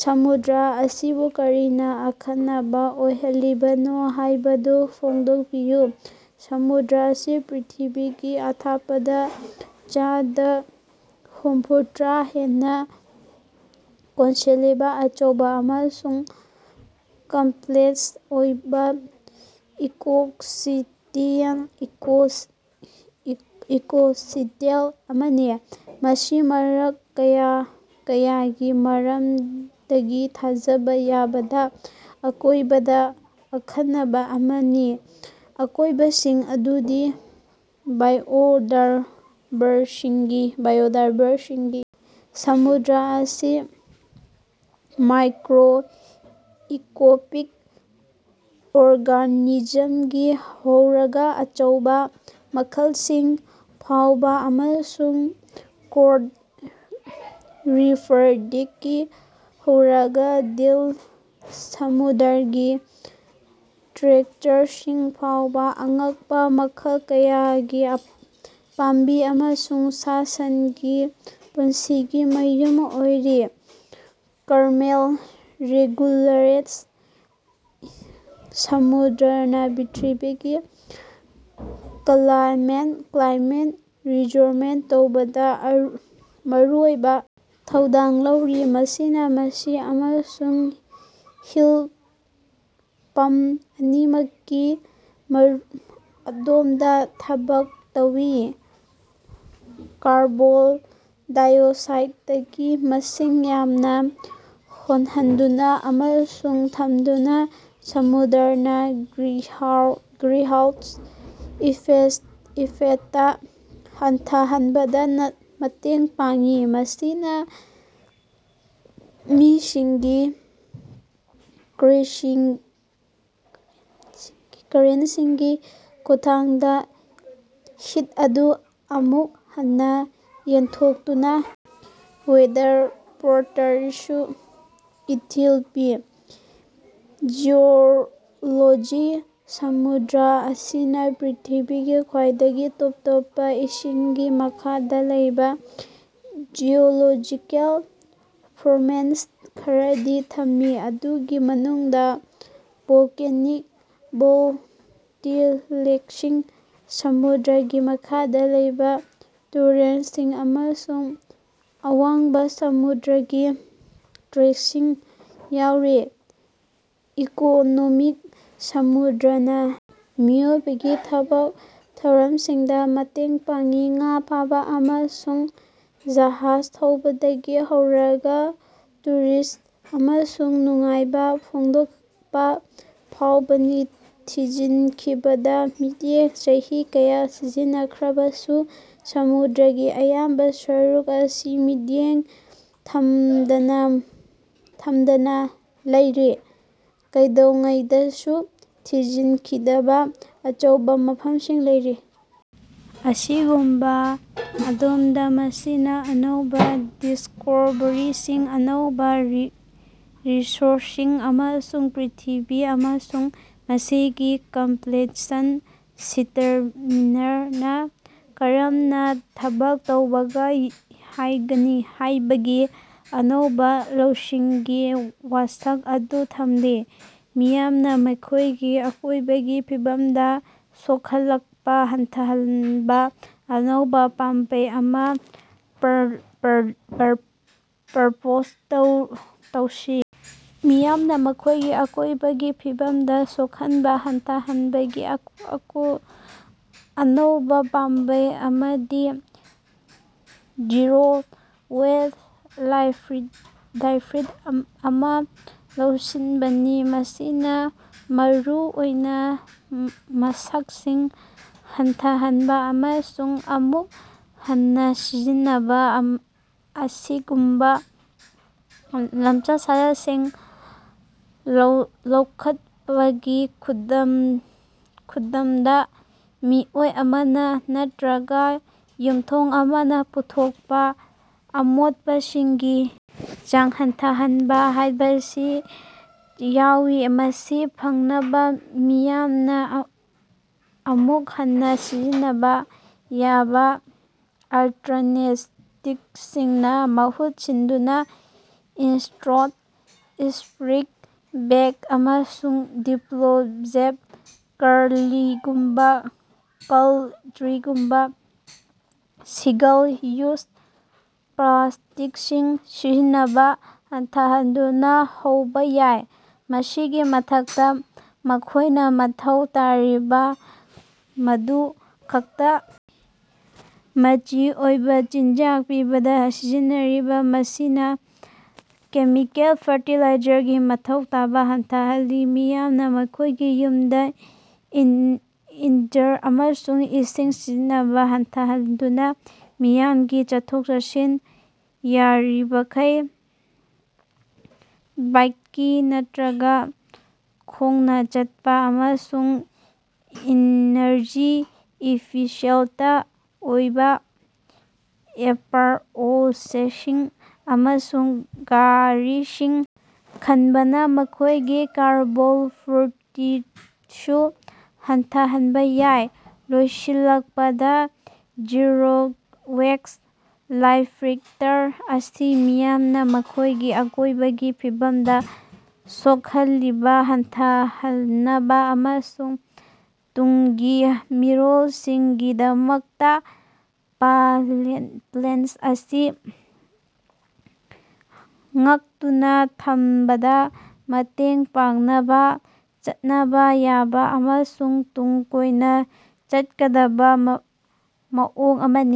ꯁꯃꯨꯗ꯭ꯔ ꯑꯁꯤꯕꯨ ꯀꯔꯤꯅꯥ ꯑꯈꯟꯅꯕꯥ ꯑꯣꯏꯍꯜꯂꯤꯕꯅꯣ ꯍꯥꯏꯕꯗꯨ ꯐꯣꯡꯗꯣꯛꯄꯤꯌꯨ꯫ ꯁꯃꯨꯗ꯭ꯔ ꯑꯁꯤ ꯄ꯭ꯔꯤꯏꯊꯤꯕꯤꯒꯤ ꯃꯊꯛꯇꯥ ꯆꯥꯗꯥ ꯍꯨꯝꯐꯨꯇꯔꯥ ꯍꯦꯟꯅꯥ ꯀꯣꯟꯁꯤꯜꯂꯤꯕꯥ ꯑꯆꯧꯕꯥ ꯑꯃꯁꯨꯡ ꯀꯝꯄ꯭ꯂꯦꯛꯁ ꯑꯣꯏꯕꯥ ꯏꯀꯣꯁꯤꯁꯇꯦꯝ ꯑꯃꯅꯤ꯫ ꯃꯁꯤ ꯃꯔꯝ ꯀꯌꯥꯒꯤ ꯃꯔꯝꯗꯒꯤ ꯊꯥꯖꯕꯥ ꯌꯥꯗꯕꯥ ꯃꯑꯣꯡꯗꯥ ꯑꯈꯟꯅꯕꯥ ꯑꯃꯅꯤ, ꯃꯈꯣꯏꯁꯤꯡ ꯑꯗꯨꯗꯤ: ꯕꯥꯏꯑꯣꯗꯥꯏꯕꯔꯁꯤꯇꯤ: ꯁꯃꯨꯗ꯭ꯔ ꯑꯁꯤ ꯃꯥꯏꯀ꯭ꯔꯣꯁꯀꯣꯄꯤꯛ ꯑꯣꯔꯒꯥꯅꯤꯖꯝꯗꯒꯤ ꯍꯧꯔꯒꯥ ꯑꯆꯧꯕꯥ ꯝꯈꯜꯁꯤꯡ ꯐꯥꯎꯕꯥ ꯑꯃꯁꯨꯡ ꯀꯣꯔꯜ ꯔꯤꯐꯜꯗꯒꯤ ꯍꯧꯔꯒꯥ ꯗꯤꯞ ꯁꯃꯨꯗ꯭ꯔꯒꯤ ꯇ꯭ꯔꯦꯟꯆꯁꯤꯡ ꯐꯥꯎꯕꯥ ꯑꯉꯛꯄꯥ ꯃꯈꯜ ꯀꯌꯥꯒꯤ ꯄꯥꯝꯕꯤ ꯑꯃꯁꯨꯡ ꯁꯥ-ꯁꯟꯒꯤ ꯄꯨꯟꯁꯤꯒꯤ ꯃꯌꯨꯝ ꯑꯣꯏꯔꯤ꯫ ꯀ꯭ꯂꯥꯏꯃꯦꯠ ꯔꯦꯒꯨꯂꯦꯁꯟ: ꯁꯃꯨꯗ꯭ꯔꯅꯥ ꯄ꯭ꯔꯤꯊꯤꯕꯤꯒꯤ ꯀ꯭ꯂꯥꯏꯃꯦꯠ ꯔꯤꯒꯨꯂꯦꯠ ꯇꯧꯕꯗꯥ ꯃꯔꯨꯑꯣꯏꯕꯥ ꯊꯧꯗꯥꯡ ꯂꯧꯔꯤ, ꯃꯁꯤꯅꯥ ꯁꯤꯡ ꯑꯃꯁꯨꯡ ꯍꯤꯠ ꯄꯝ ꯑꯅꯤꯃꯛꯀꯤ ꯃꯑꯣꯡꯗꯥ ꯊꯕꯛ ꯇꯧꯏ꯫ ꯀꯥꯔꯕꯣꯟ ꯗꯥꯏꯑꯣꯛꯁꯥꯏꯗꯀꯤ ꯃꯁꯤꯡ ꯌꯥꯝꯅꯥ ꯁꯣꯛꯍꯟꯗꯨꯅꯥ ꯑꯃꯁꯨꯡ ꯊꯝꯗꯨꯅꯥ ꯁꯃꯨꯗ꯭ꯔꯅꯥ ꯒ꯭ꯔꯤꯟꯍꯥꯎꯁ ꯏꯐꯦꯛꯇ ꯍꯟꯊꯍꯟꯕꯗꯥ ꯃꯇꯦꯡ ꯄꯥꯡꯏ꯫ ꯃꯁꯤꯅꯥ ꯃꯁꯤꯒꯤ ꯀꯔꯦꯟꯁꯤꯡꯒꯤ ꯈꯨꯠꯊꯥꯡꯗꯥ ꯍꯤꯠ ꯑꯗꯨ ꯑꯃꯨꯛ ꯍꯟꯅꯥ ꯌꯦꯟꯊꯣꯛꯇꯨꯅꯥ ꯋꯦꯗꯔ ꯄꯦꯇ꯭ꯔꯟꯗꯁꯨ ꯏꯊꯤꯜ ꯄꯤ꯫ ꯖꯤꯑꯣꯂꯣꯖꯤ: ꯁꯃꯨꯗ꯭ꯔ ꯑꯁꯤꯅꯥ ꯄ꯭ꯔꯤꯊꯤꯕꯤꯒꯤ ꯈ꯭ꯋꯥꯏꯗꯒꯤ ꯇꯣꯞ ꯇꯣꯞꯄꯥ ꯏꯁꯤꯡꯒꯤ ꯃꯈꯥꯗꯥ ꯂꯩꯕꯥ ꯖꯤꯑꯣꯂꯣꯖꯤꯀꯦꯜ ꯐꯣꯔꯃꯦꯁꯟ ꯈꯔꯗꯤ ꯊꯝꯃꯤ, ꯃꯗꯨꯒꯤ ꯃꯅꯨꯡꯗꯥ ꯚꯣꯜꯀꯦꯅꯤꯛ ꯚꯦꯟꯇꯤꯂꯦꯁꯟꯁꯤꯡ, ꯁꯃꯨꯗ꯭ꯔꯒꯤ ꯃꯈꯥꯗꯥ ꯂꯩꯕꯥ ꯇꯨꯔꯦꯜꯁꯤꯡ ꯑꯃꯁꯨꯡ ꯑꯋꯥꯡꯕꯥ ꯁꯃꯨꯗ꯭ꯔꯒꯤ ꯇ꯭ꯔꯦꯟꯆꯁꯤꯡ ꯌꯥꯎꯔꯤ꯫ ꯏꯀꯣꯅꯣꯃꯤ: ꯁꯃꯨꯗ꯭ꯔꯅꯥ ꯃꯤꯑꯣꯏꯕꯒꯤ ꯊꯕꯛ ꯊꯧꯔꯝꯁꯤꯡꯗꯥ ꯃꯇꯦꯡ ꯄꯥꯡꯏ, ꯉꯥ ꯐꯥꯕꯥ ꯑꯃꯁꯨꯡ ꯖꯍꯥꯖ ꯊꯥꯕꯗꯒꯤ ꯍꯧꯔꯒꯥ ꯇꯨꯔꯤꯖꯝ ꯑꯃꯁꯨꯡ ꯅꯨꯡꯉꯥꯏꯕꯥ ꯐꯣꯡꯗꯣꯛꯄꯥ ꯐꯥꯎꯕꯅꯤ꯫ ꯊꯤꯖꯤꯟꯈꯤꯗꯕꯥ ꯃꯤꯠꯌꯦꯡ: ꯆꯍꯤ ꯀꯌꯥ ꯊꯤꯖꯤꯟꯈ꯭ꯔꯕꯁꯨ, ꯁꯃꯨꯗ꯭ꯔꯒꯤ ꯑꯌꯥꯝꯕꯥ ꯁꯔꯨꯛ ꯑꯁꯤ ꯃꯤꯠꯌꯦꯡ ꯊꯝꯗꯅꯥ ꯂꯩꯔꯤ, ꯀꯩꯗꯧꯉꯩꯗꯁꯨ ꯊꯤꯖꯤꯟꯈꯤꯗꯕꯥ ꯑꯆꯧꯕꯥ ꯃꯐꯝꯁꯤꯡ ꯂꯩꯔꯤ꯫ ꯑꯁꯤꯒꯨꯝꯕꯥ ꯃꯑꯣꯡꯗꯥ, ꯃꯁꯤꯅꯥ ꯑꯅꯧꯕꯥ ꯗꯤꯁꯀꯣꯚꯔꯤꯁꯤꯡ, ꯑꯅꯧꯕꯥ ꯔꯤꯁꯣꯔꯁꯁꯤꯡ, ꯑꯃꯁꯨꯡ ꯄ꯭ꯔꯤꯊꯤꯕꯤ ꯑꯃꯁꯨꯡ ꯃꯁꯤꯒꯤ ꯀꯝꯄ꯭ꯂꯦꯛꯁ ꯁꯤꯁꯇꯦꯝꯁꯤꯡꯅꯥ ꯀꯔꯝꯅꯥ ꯊꯕꯛ ꯇꯧꯕꯒꯦ ꯍꯥꯏꯕꯒꯤ ꯑꯅꯧꯕꯥ ꯂꯧꯁꯤꯡꯒꯤ ꯋꯥꯁꯛ ꯑꯗꯨ ꯊꯝꯂꯤ꯫ ꯃꯤꯌꯥꯝꯅꯥ ꯃꯈꯣꯏꯒꯤ ꯑꯀꯣꯏꯕꯒꯤ ꯐꯤꯕꯝꯗꯥ ꯁꯣꯛꯍꯜꯂꯛꯄꯥ ꯍꯟꯊꯍꯟꯅꯕꯥ ꯑꯅꯧꯕꯥ ꯄꯥꯝꯕꯩ ꯑꯃꯥ ꯄ꯭ꯔꯄꯣꯖ ꯇꯧꯁꯤ꯫ ꯃꯤꯌꯥꯝꯅꯥ ꯃꯈꯣꯏꯒꯤ ꯑꯀꯣꯏꯕꯒꯤ ꯐꯤꯕꯝꯗꯥ ꯁꯣꯛꯍꯟꯕꯥ ꯍꯟꯊꯍꯟꯅꯕꯒꯤ ꯑꯅꯧꯕꯥ ꯄꯥꯝꯕꯩ ꯑꯃꯗꯤ ꯖꯤꯔꯣ ꯋꯦꯁ ꯂꯥꯏꯐꯁ꯭ꯇꯥꯏꯜ ꯑꯃꯥ ꯂꯧꯁꯤꯟꯕꯅꯤ꯫ ꯃꯁꯤꯅꯥ ꯃꯔꯨꯑꯣꯏꯅꯥ ꯃꯆꯥꯛꯁꯤꯡ ꯍꯟꯊꯍꯟꯕꯥ ꯑꯃꯁꯨꯡ ꯑꯃꯨꯛ ꯍꯟꯅꯥ ꯁꯤꯖꯤꯟꯅꯕꯥ ꯑꯁꯤꯒꯨꯝꯕꯥ ꯂꯝꯆꯠ-ꯁꯥꯖꯠꯁꯤꯡ ꯂꯧꯈꯠꯄꯒꯤ ꯈꯨꯠꯊꯥꯡꯗꯥ ꯃꯤꯑꯣꯏ ꯑꯃꯅꯥ ꯅꯠꯇ꯭ꯔꯒꯥ ꯌꯨꯝꯊꯣꯡ ꯑꯃꯅꯥ ꯄꯨꯊꯣꯛꯄꯥ ꯑꯃꯣꯠꯄꯁꯤꯡꯒꯤ ꯆꯥꯡ ꯍꯟꯊꯍꯟꯕꯥ ꯍꯥꯏꯕꯁꯤ ꯌꯥꯎꯏ꯫ ꯃꯁꯤ ꯐꯪꯅꯕꯥ ꯃꯤꯌꯥꯝꯅꯥ ꯑꯃꯨꯛ ꯍꯟꯅꯥ ꯁꯤꯖꯤꯟꯅꯕꯥ ꯌꯥꯕꯥ ꯑꯜꯇꯔꯅꯦꯇꯤꯞꯁꯤꯡꯅꯥ ꯃꯍꯨꯠ ꯁꯤꯟꯗꯨꯅꯥ ꯢꯁꯇ꯭ꯔꯣ, ꯄ꯭ꯂꯥꯁꯇꯤꯛ ꯕꯦꯒ, ꯑꯃꯁꯨꯡ ꯗꯤꯁꯄꯣꯖꯦꯕꯜ ꯀꯠꯂꯔꯤꯒꯨꯝꯕꯥ ꯁꯤꯡꯒꯜ-ꯌꯨꯖ ꯄ꯭ꯂꯥꯁꯇꯤꯛꯁꯤꯡ ꯁꯤꯖꯤꯟꯅꯕꯥ ꯍꯟꯊꯍꯟꯗꯨꯅꯥ ꯍꯧꯕꯥ ꯌꯥꯏ꯫ ꯃꯁꯤꯒꯤ ꯃꯊꯛꯇꯥ, ꯃꯈꯣꯏꯅꯥ ꯃꯊꯧ ꯇꯥꯔꯤꯕꯥ ꯑꯗꯨ ꯈꯛꯇꯃꯛ ꯃꯆꯤ ꯑꯣꯏꯕꯥ ꯆꯤꯟꯖꯥꯛ ꯄꯤꯕꯗꯥ ꯁꯤꯖꯤꯟꯅꯕꯅꯤ, ꯃꯁꯤꯅꯥ ꯀꯦꯃꯤꯀꯦꯜ ꯐꯔꯇꯤꯂꯥꯏꯖꯔꯒꯤ ꯃꯊꯧ ꯇꯥꯕꯥ ꯍꯟꯊꯍꯜꯂꯤ꯫ ꯃꯤꯌꯥꯝꯅꯥ ꯃꯈꯣꯏꯒꯤ ꯌꯨꯝꯗꯥ ꯏꯅꯔꯖꯤ ꯑꯃꯁꯨꯡ ꯏꯁꯤꯡ ꯁꯤꯖꯤꯟꯅꯕꯥ ꯍꯟꯊꯍꯟꯗꯨꯅꯥ, ꯃꯤꯌꯥꯝꯒꯤ ꯆꯠꯊꯣꯛ-ꯆꯠꯁꯤꯟ, ꯌꯥꯔꯤꯕꯃꯈꯩ ꯕꯥꯏꯀꯤꯡ ꯅꯠꯇ꯭ꯔꯒꯥ ꯈꯣꯡꯅꯥ ꯆꯠꯄꯥ, ꯑꯃꯁꯨꯡ ꯏꯅꯔꯖꯤ ꯏꯐꯤꯁꯤꯌꯦꯟꯇ ꯑꯣꯏꯕꯥ ꯑꯦꯄ꯭ꯂꯥꯏꯑꯦꯟꯁꯁꯤꯡ ꯑꯃꯁꯨꯡ ꯒꯥꯔꯤꯁꯤꯡ ꯈꯟꯕꯅꯥ ꯃꯈꯣꯏꯒꯤ ꯀꯥꯔꯕꯣꯟ ꯐꯨꯠꯄ꯭ꯔꯤꯟꯇꯁꯨ ꯍꯟꯊꯍꯟꯕꯥ ꯌꯥꯏ꯫ ꯂꯣꯏꯁꯤꯜꯂꯛꯄꯗꯥ, ꯖꯤꯔꯣ ꯋꯦꯁ ꯂꯥꯏꯐꯁ꯭ꯇꯥꯏꯜ ꯑꯁꯤ ꯃꯤꯌꯥꯝꯅꯥ ꯃꯈꯣꯏꯒꯤ ꯑꯀꯣꯏꯕꯒꯤ ꯐꯤꯕꯝꯗꯥ ꯁꯣꯛꯍꯜꯂꯤꯕꯥ ꯍꯟꯊꯍꯟꯅꯕꯥ ꯑꯃꯁꯨꯡ ꯇꯨꯡꯒꯤ ꯃꯤꯔꯣꯜꯁꯤꯡꯒꯤꯗꯃꯛꯇꯥ ꯄ꯭ꯂꯥꯅꯦꯠ ꯑꯁꯤ ꯉꯥꯛꯇꯨꯅꯥ ꯊꯝꯕꯗꯥ ꯃꯇꯦꯡ ꯄꯥꯡꯅꯕꯥ ꯆꯠꯅꯕꯥ ꯌꯥꯕꯥ ꯑꯃꯁꯨꯡ ꯇꯨꯡ ꯀꯣꯏꯅꯥ ꯆꯠꯀꯗꯕꯥ ꯃꯑꯣꯡ ꯑꯃꯅꯤ꯫